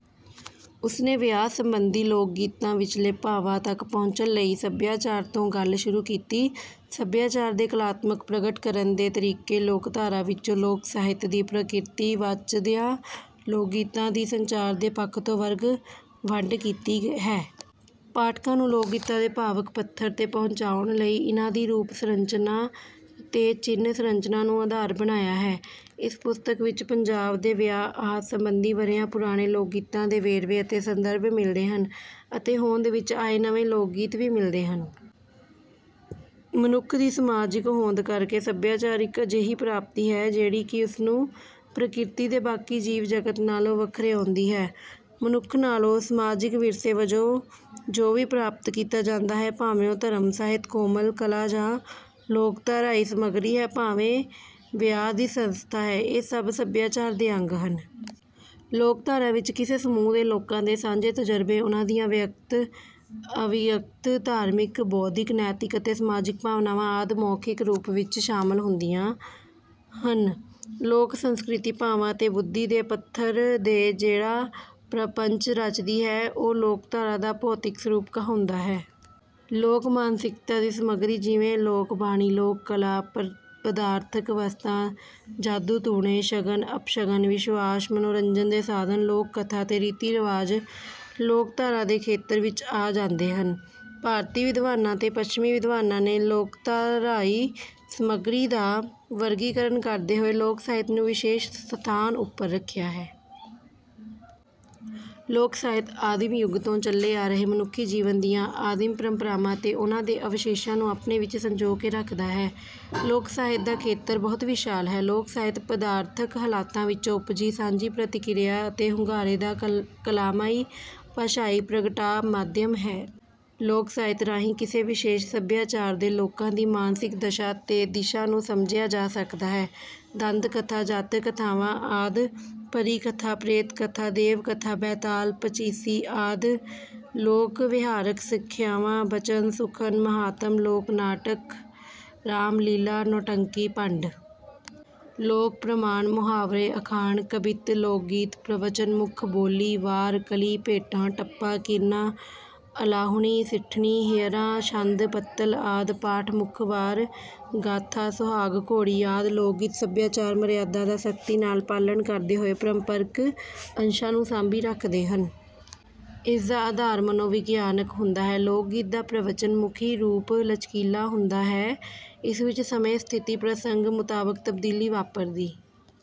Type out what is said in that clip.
ਉਸ ਨੇ ਵਿਆਹ ਸਬੰਧੀ ਲੋਕਗੀਤਾਂ ਵਿਚਲੇ ਭਾਵਾਂ ਤੱਕ ਪਹੁੰਚਣ ਲਈ ਸਭਿਆਚਾਰ ਤੋਂ ਗੱਲ ਸ਼ੁਰੂ ਕੀਤੀ ਹੈ। ਸਭਿਆਚਾਰ ਦੇ ਕਲਾਤਮਕ ਪ੍ਰਗਟ ਕਰਨ ਦੇ ਤਰੀਕੇ ਲੋਕਧਾਰਾ ਵਿੱਚੋਂ ਲੋਕ-ਸਾਹਿਤ ਦੀ ਪ੍ਰਕਿਰਤੀ ਵਾਚਦਿਆਂ ਲੋਕਗੀਤਾਂ ਦੀ ਸੰਚਾਰ ਦੇ ਪੱਖ ਤੋਂ ਵਰਗ-ਵੰਡ ਕੀਤੀ ਹੈ। ਪਾਠਕਾਂ ਨੂੰ ਲੋਕਗੀਤਾਂ ਦੇ ਭਾਵੁਕ ਪੱਧਰ ਤੇ ਪਹੁੰਚਾਉਣ ਲਈ ਇਨ੍ਹਾਂ ਦੀ ਰੂਪ-ਸੰਰਚਨਾ ਤੇ ਚਿੰਨ੍ਹ-ਸੰਰਚਨਾ ਨੂੰ ਆਧਾਰ ਬਣਾਇਆ ਹੈ। ਇਸ ਪੁਸਤਕ ਵਿੱਚ ਪੰਜਾਬ ਦੇ ਵਿਆਹ-ਆਹ ਸਬੰਧੀ ਵਰ੍ਹਿਆਂ ਪੁਰਾਣੇ ਲੋਕਗੀਤਾਂ ਦੇ ਵੇਰਵੇ ਅਤੇ ਸੰਦਰਭ ਮਿਲਦੇ ਹਨ ਅਤੇ ਹੋਂਦ ਵਿੱਚ ਆਏ ਨਵੇਂ ਲੋਕਗੀਤ ਵੀ ਮਿਲਦੇ ਹਨ। ਮਨੁੱਖ ਦੀ ਸਮਾਜਿਕ ਹੋਂਦ ਕਰਕੇ ਸੱਭਿਆਚਾਰ ਇੱਕ ਅਜਿਹੀ ਪ੍ਰਾਪਤੀ ਹੈ ਜਿਹੜੀ ਕਿ ਉਸ ਨੂੰ ਪ੍ਰਕਿਰਤੀ ਦੇ ਬਾਕੀ ਜੀਵ-ਜਗਤ ਨਾਲੋਂ ਵੱਖਰਿਆਉਂਦੀ ਹੈ। ਮਨੁੱਖ ਵੱਲੋਂ ਸਮਾਜਿਕ ਵਿਰਸੇ ਵਜੋਂ ਜੋ ਵੀ ਪ੍ਰਾਪਤ ਕੀਤਾ ਜਾਂਦਾ ਹੈ, ਭਾਵੇਂ ਉਹ ਧਰਮ, ਸਾਹਿਤ, ਕੋਮਲ ਕਲਾ ਜਾਂ ਲੋਕਧਾਰਾਈ ਸਮੱਗਰੀ ਹੈ ਅਤੇ ਭਾਵੇਂ ਵਿਆਹ ਦੀ ਸੰਸਥਾ ਹੈ, ਇਹ ਸਭ ਸੱਭਿਆਚਾਰ ਦੇ ਅੰਗ ਹਨ। ਲੋਕਧਾਰਾ ਵਿੱਚ ਕਿਸੇ ਸਮੂਹ ਦੇ ਲੋਕਾਂ ਦੇ ਸਾਂਝੇ ਤਜਰਬੇ, ਉਨ੍ਹਾਂ ਦੀਆਂ ਵਿਅਕਤ, ਅਵਿਅਕਤ, ਧਾਰਮਿਕ, ਬੌਧਿਕ, ਨੈਤਿਕ ਅਤੇ ਸਮਾਜਿਕ ਭਾਵਨਾਵਾਂ ਆਦਿ ਮੌਖਿਕ ਰੂਪ ਵਿੱਚ ਸ਼ਾਮਲ ਹੁੰਦੀਆਂ ਹਨ। ਲੋਕ-ਸੰਸਕ੍ਰਿਤੀ ਭਾਵਾਂ ਤੇ ਬੁੱਧੀ ਦੇ ਪੱਧਰ ਦੇ ਜਿਹੜਾ ਪ੍ਰਪੰਚ ਰਚਦੀ ਹੈ, ਉਹ ਲੋਕਧਾਰਾ ਦਾ ਭੌਤਿਕ ਸਰੂਪ ਕਹਾਉਂਦਾ ਹੈ। ਲੋਕ-ਮਾਨਸਿਕਤਾ ਦੀ ਸਮੱਗਰੀ ਜਿਵੇਂ ਲੋਕ-ਬਾਣੀ, ਲੋਕ-ਕਲਾ, ਪਦਾਰਥਕ ਵਸਤਾਂ, ਜਾਦੂ-ਟੂਣੇ, ਸ਼ਗਨ, ਅਪਸ਼ਗਨ, ਵਿਸ਼ਵਾਸ, ਮਨੋਰੰਜਨ ਦੇ ਸਾਧਨ, ਲੋਕ-ਕਥਾ ਤੇ ਰੀਤੀ-ਰਿਵਾਜ ਲੋਕਧਾਰਾ ਦੇ ਖੇਤਰ ਵਿੱਚ ਆ ਜਾਂਦੇ ਹਨ। ਭਾਰਤੀ ਵਿਦਵਾਨਾਂ ਤੇ ਪੱਛਮੀ ਵਿਦਵਾਨਾਂ ਨੇ ਲੋਕਧਾਰਾਈ ਸਮੱਗਰੀ ਦਾ ਵਰਗੀਕਰਨ ਕਰਦੇ ਹੋਏ ਲੋਕ-ਸਾਹਿਤ ਨੂੰ ਵਿਸ਼ੇਸ਼ ਸਥਾਨ ਉੱਪਰ ਰੱਖਿਆ ਹੈ। ਲੋਕ-ਸਾਹਿਤ ਆਦਿਮ ਯੁੱਗ ਤੋਂ ਚਲੇ ਆ ਰਹੇ ਮਨੁੱਖੀ ਜੀਵਨ ਦੀਆਂ ਆਦਿਮ ਪਰੰਪਰਾਵਾਂ ਅਤੇ ਉਨ੍ਹਾਂ ਦੇ ਅਵਸ਼ੇਸ਼ਾਂ ਨੂੰ ਆਪਣੇ ਵਿੱਚ ਸੰਜੋ ਕੇ ਰੱਖਦਾ ਹੈ। ਲੋਕ-ਸਾਹਿਤ ਦਾ ਖੇਤਰ ਬਹੁਤ ਵਿਸ਼ਾਲ ਹੈ। ਲੋਕ-ਸਾਹਿਤ ਪਦਾਰਥਕ ਹਾਲਤਾਂ ਵਿੱਚੋਂ ਉਪਜੀ ਸਾਂਝੀ ਪ੍ਰਤੀਕਿਰਿਆ ਅਤੇ ਹੁੰਗਾਰੇ ਦਾ ਕਲਾਮਈ ਭਾਸ਼ਾਈ ਪ੍ਰਗਟਾਅ-ਮਾਧਿਅਮ ਹੈ। ਲੋਕ-ਸਾਹਿਤ ਰਾਹੀਂ ਕਿਸੇ ਵਿਸ਼ੇਸ਼ ਸੱਭਿਆਚਾਰ ਦੇ ਲੋਕਾਂ ਦੀ ਮਾਨਸਿਕ ਦਸ਼ਾ ਤੇ ਦਿਸ਼ਾ ਨੂੰ ਸਮਝਿਆ ਜਾ ਸਕਦਾ ਹੈ। ਦੰਦ-ਕਥਾ, ਜਾਤਕ-ਕਥਾਵਾਂ ਆਦਿ। ਪਰੀ-ਕਥਾ, ਪ੍ਰੇਤ-ਕਥਾ, ਦੇਵ-ਕਥਾ, ਬੈਤਾਲ ਪਚੀਸੀ ਆਦਿ। ਲੋਕ-ਵਿਹਾਰਕ ਸਿਖਿਆਵਾਂ: ਬਚਨ, ਸੁਖਨ, ਮਹਾਤਮ। ਲੋਕ-ਨਾਟਕ: ਰਾਮ-ਲੀਲਾ, ਨੌਟੰਕੀ, ਭੰਡ। ਲੋਕ-ਪ੍ਰਮਾਣ: ਮੁਹਾਵਰੇ, ਅਖਾਣ, ਕਬਿੱਤ। ਲੋਕਗੀਤ-ਪ੍ਰਵਚਨ-ਮੁੱਖ: ਬੋਲੀ, ਵਾਰ, ਕਲੀ, ਭੇਟਾ, ਟੱਪਾ, ਕੀਰਨਾ, ਅਲਾਹੁਣੀ, ਸਿੱਠਣੀ, ਹੇਅਰਾ, ਛੰਦ, ਪੱਤਲ ਆਦਿ। ਪਾਠ-ਮੁੱਖ: ਵਾਰ, ਗਾਥਾ, ਸੁਹਾਗ, ਘੋੜੀ ਆਦਿ। ਲੋਕਗੀਤ ਸੱਭਿਆਚਾਰ-ਮਰਿਆਦਾ ਦਾ ਸਖਤੀ ਨਾਲ ਪਾਲਣ ਕਰਦੇ ਹੋਏ ਪਰੰਪਰਕ ਅੰਸ਼ਾਂ ਨੂੰ ਸਾਂਭੀ ਰੱਖਦੇ ਹਨ। ਇਸ ਦਾ ਆਧਾਰ ਮਨੋਵਿਗਿਆਨਕ ਹੁੰਦਾ ਹੈ। ਲੋਕਗੀਤ ਦਾ ਪ੍ਰਵਚਨ-ਮੁਖੀ ਰੂਪ ਲਚਕੀਲਾ ਹੁੰਦਾ ਹੈ। ਇਸ ਵਿੱਚ ਸਮੇਂ, ਸਥਿਤੀ, ਪ੍ਰਸੰਗ ਮੁਤਾਬਕ ਤਬਦੀਲੀ ਵਾਪਰਦੀ